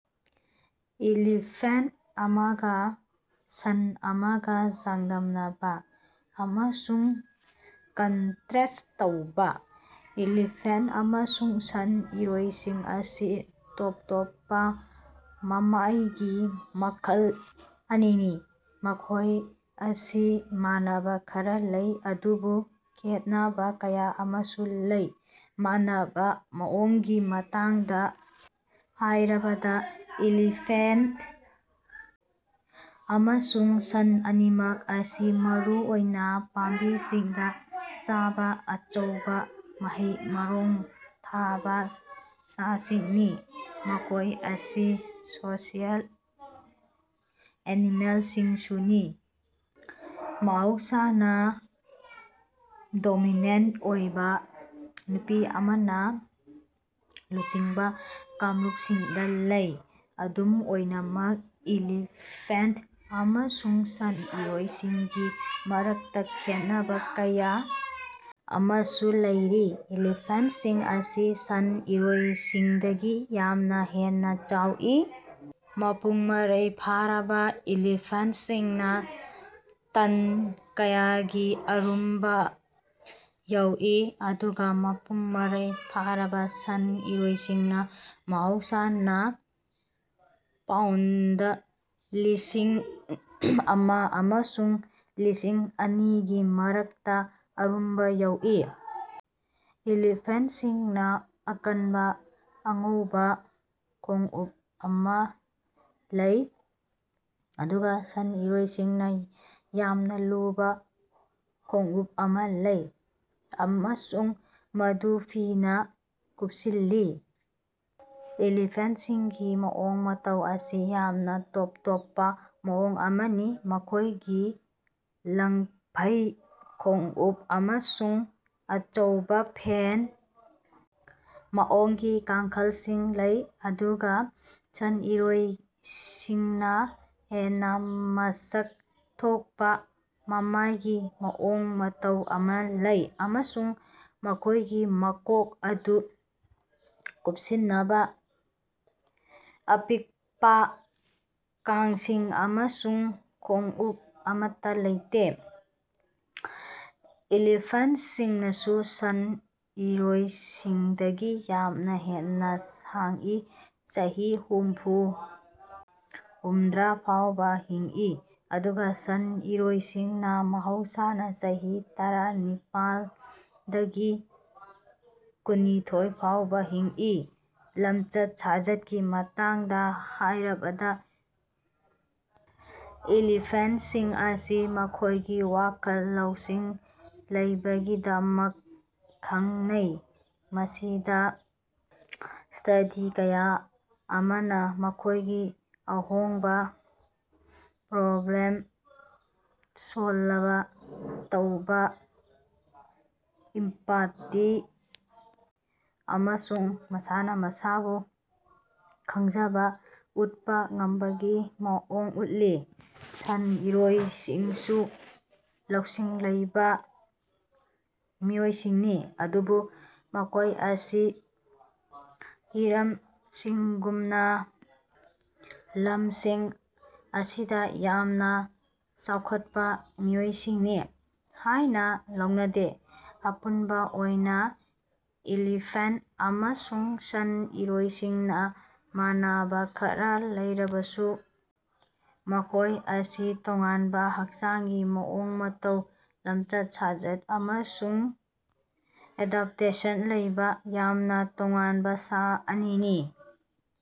Elephant ꯑꯃꯒꯥ ꯁꯟ ꯑꯃꯒꯥ ꯆꯥꯡꯗꯝꯅꯕꯥ ꯑꯃꯁꯨꯡ ꯀꯟꯇꯔꯦꯁ꯭ꯠ ꯇꯧꯕꯥ꯫ ꯏꯂꯤꯐꯦꯟꯠ ꯑꯃꯁꯨꯡ ꯁꯟ ꯏꯔꯣꯏꯁꯤꯡ ꯑꯁꯤ ꯇꯣꯞ ꯇꯣꯞꯄꯥ ꯃꯃꯥꯏꯒꯤ ꯃꯈꯜ ꯑꯅꯤꯅꯤ ꯃꯈꯣꯏ ꯑꯁꯤ ꯃꯥꯟꯅꯕꯥ ꯈꯔꯥ ꯂꯩ ꯑꯗꯨꯕꯨ ꯈꯦꯠꯅꯕꯥ ꯀꯌꯥ ꯑꯃꯁꯨ ꯂꯩ꯫ ꯃꯥꯟꯅꯕꯥ ꯃꯑꯣꯡꯒꯤ ꯃꯇꯥꯡꯗꯥ ꯍꯥꯏꯔꯕꯗꯥ ꯏꯂꯤꯐꯦꯟꯠ ꯑꯃꯁꯨꯡ ꯁꯟ ꯑꯅꯤꯃꯛ ꯑꯁꯤ ꯃꯔꯨꯑꯣꯏꯅꯥ ꯄꯥꯝꯕꯤꯁꯤꯡꯗꯥ ꯆꯥꯕꯥ ꯑꯆꯧꯕꯥ ꯃꯍꯩ ꯃꯔꯣꯡ ꯊꯥꯕꯥ ꯁꯥꯁꯤꯡꯅꯤ꯫ ꯃꯈꯣꯏ ꯑꯁꯤ ꯁꯣꯁꯤꯑꯦꯜ ꯑꯦꯅꯤꯃꯦꯜꯁꯤꯡꯁꯨꯅꯤ ꯃꯍꯧꯁꯥꯅꯥ ꯗꯣꯃꯤꯅꯦꯟꯠ ꯑꯣꯏꯕꯥ ꯅꯨꯄꯤ ꯑꯃꯅꯥ ꯂꯨꯆꯤꯡꯕꯥ ꯀꯥꯡꯂꯨꯞꯁꯤꯡꯗꯥ ꯂꯩ꯫ ꯑꯗꯨꯝ ꯑꯣꯏꯅꯃꯛ ꯏꯂꯤꯐꯦꯟꯠ ꯑꯃꯁꯨꯡ ꯁꯟ ꯏꯔꯣꯏꯁꯤꯡꯒꯤ ꯃꯔꯛꯇꯥ ꯈꯦꯟꯅꯕꯥ ꯀꯌꯥ ꯑꯃꯁꯨ ꯂꯩꯔꯤ꯫ ꯏꯂꯤꯐꯦꯟꯠꯁꯤꯡ ꯑꯁꯤ ꯁꯟ ꯏꯔꯣꯏꯁꯤꯡꯗꯒꯤ ꯌꯥꯝꯅꯥ ꯍꯦꯟꯅꯥ ꯆꯥꯎꯏ ꯃꯄꯨꯡ ꯃꯔꯩ ꯐꯥꯔꯕꯥ ꯏꯂꯤꯐꯦꯟꯠꯁꯤꯡꯅꯥ ꯇꯟ ꯀꯌꯥꯒꯤ ꯑꯔꯨꯝꯕꯥ ꯌꯧꯏ ꯑꯗꯨꯒꯥ ꯃꯄꯨꯡ ꯃꯔꯩ ꯐꯥꯔꯕꯥ ꯁꯟ ꯏꯔꯣꯏꯁꯤꯡꯅꯥ ꯃꯍꯧꯁꯥꯅꯥ ꯄꯥꯎꯟꯗ ꯂꯤꯁꯤꯡ ꯑꯃ ꯑꯃꯁꯨꯡ ꯂꯤꯁꯤꯡ ꯑꯅꯤꯒꯤ ꯃꯔꯛꯇꯥ ꯑꯔꯨꯝꯕꯥ ꯌꯧꯏ꯫ ꯏꯂꯤꯐꯦꯟꯠꯁꯤꯡꯅꯥ ꯑꯀꯟꯕꯥ ꯑꯉꯧꯕꯥ ꯈꯣꯡꯎꯞ ꯑꯃꯥ ꯂꯩ ꯑꯗꯨꯒꯥ ꯁꯟ ꯏꯔꯣꯏꯁꯤꯡꯅꯥ ꯌꯥꯝꯅꯥ ꯂꯨꯕꯥ ꯈꯣꯡꯎꯞ ꯑꯃꯥ ꯂꯩ ꯑꯃꯁꯨꯡ ꯃꯗꯨ ꯐꯤꯅꯥ ꯀꯨꯄꯁꯤꯜꯂꯤ꯫ ꯏꯂꯤꯐꯦꯟꯠꯁꯤꯡꯒꯤ ꯃꯑꯣꯡ ꯃꯇꯧ ꯑꯁꯤ ꯌꯥꯝꯅꯥ ꯇꯣꯞ ꯇꯣꯞꯄꯥ ꯃꯑꯣꯡ ꯑꯃꯅꯤ ꯃꯈꯣꯏꯒꯤ ꯂꯪꯐꯩ ꯈꯣꯡꯎꯞ ꯑꯃꯁꯨꯡ ꯑꯆꯧꯕꯥ ꯐꯦꯟ ꯃꯑꯣꯡꯒꯤ ꯀꯥꯡꯈꯜꯁꯤꯡ ꯂꯩ ꯑꯗꯨꯒꯥ ꯁꯟ ꯏꯔꯣꯏꯁꯤꯡꯅꯥ ꯍꯦꯟꯅꯥ ꯃꯁꯛ ꯊꯣꯛꯄꯥ ꯃꯃꯥꯏꯒꯤ ꯃꯑꯣꯡ ꯃꯇꯧ ꯑꯃꯥ ꯂꯩ ꯑꯃꯁꯨꯡ ꯃꯈꯣꯏꯒꯤ ꯃꯀꯣꯛ ꯑꯗꯨ ꯀꯨꯞꯁꯤꯅꯕꯥ ꯑꯄꯤꯛꯄꯥ ꯀꯥꯡꯁꯤꯡ ꯑꯃꯁꯨꯡ ꯈꯣꯡꯎꯞ ꯑꯃꯠꯇꯥ ꯂꯩꯇꯦ꯫ ꯏꯂꯤꯐꯦꯟꯠꯁꯤꯡꯅꯁꯨ ꯁꯟ ꯏꯔꯣꯏꯁꯤꯡꯗꯒꯤ ꯌꯥꯝꯅꯥ ꯍꯦꯟꯅꯥ ꯁꯥꯡꯏ ꯆꯍꯤ ꯍꯨꯝꯐꯨ ꯍꯨꯝꯗ꯭ꯔꯥ ꯐꯥꯎꯕꯥ ꯍꯤꯡꯏ ꯑꯗꯨꯒꯥ ꯁꯟ ꯏꯔꯣꯏꯁꯤꯡꯅꯥ ꯃꯍꯧꯁꯥꯅꯥ ꯆꯍꯤ ꯇꯔꯥꯅꯤꯄꯥꯟꯗꯒꯤ ꯀꯨꯟꯅꯤꯊꯣꯏ ꯐꯥꯎꯕꯥ ꯍꯤꯡꯏ꯫ ꯂꯝꯆꯠ ꯁꯥꯖꯠꯀꯤ ꯃꯇꯥꯡꯗꯥ ꯍꯥꯏꯔꯕꯗꯥ ꯏꯂꯤꯐꯦꯟꯠꯁꯤꯡ ꯑꯁꯤ ꯃꯈꯣꯏꯒꯤ ꯋꯥꯈꯜ ꯂꯧꯁꯤꯡ ꯂꯩꯕꯒꯤꯗꯃꯛ ꯈꯪꯅꯩ ꯃꯁꯤꯗꯥ ꯁ꯭ꯇꯗꯤ ꯀꯌꯥ ꯑꯃꯅꯥ ꯃꯈꯣꯏꯒꯤ ꯑꯍꯣꯡꯕꯥ ꯄ꯭ꯔꯣꯕ꯭ꯂꯦꯝ ꯁꯣꯜꯕ ꯇꯧꯕꯥ ꯏꯝꯄꯥꯇꯤ ꯑꯃꯁꯨꯡ ꯃꯁꯥꯅꯥ ꯃꯁꯥꯕꯨ ꯈꯪꯖꯕꯥ ꯎꯠꯄꯥ ꯉꯝꯕꯒꯤ ꯃꯑꯣꯡ ꯎꯠꯂꯤ꯫ ꯁꯟ ꯏꯔꯣꯏꯁꯤꯡꯁꯨ ꯂꯧꯁꯤꯡ ꯂꯩꯕꯥ ꯃꯤꯑꯣꯏꯁꯤꯡꯅꯤ ꯑꯗꯨꯕꯨ ꯃꯈꯣꯏ ꯑꯁꯤ ꯍꯤꯔꯝꯁꯤꯡꯒꯨꯝꯅꯥ ꯂꯝꯁꯤꯡ ꯑꯁꯤꯗꯥ ꯌꯥꯝꯅꯥ ꯆꯥꯎꯈꯠꯄꯥ ꯃꯤꯑꯣꯏꯁꯤꯡꯅꯤ ꯍꯥꯏꯅꯥ ꯂꯧꯅꯗꯦ꯫ ꯑꯄꯨꯟꯕꯥ ꯑꯣꯏꯅꯥ ꯏꯂꯤꯐꯦꯟꯠ ꯑꯃꯁꯨꯡ ꯁꯟ ꯏꯔꯣꯏꯁꯤꯡꯅꯥ ꯃꯥꯟꯅꯕꯥ ꯈꯔꯥ ꯂꯩꯔꯕꯁꯨ ꯃꯈꯣꯏ ꯑꯁꯤ ꯇꯣꯉꯥꯟꯕꯥ ꯍꯛꯆꯥꯡꯒꯤ ꯃꯑꯣꯡ ꯃꯇꯧ ꯂꯝꯆꯠ ꯁꯥꯖꯠ ꯑꯃꯁꯨꯡ ꯑꯦꯗꯞꯇꯦꯁꯟ ꯂꯩꯕꯥ ꯌꯥꯝꯅꯥ ꯇꯣꯉꯥꯟꯕꯥ ꯁꯥ ꯑꯅꯤꯅꯤ꯫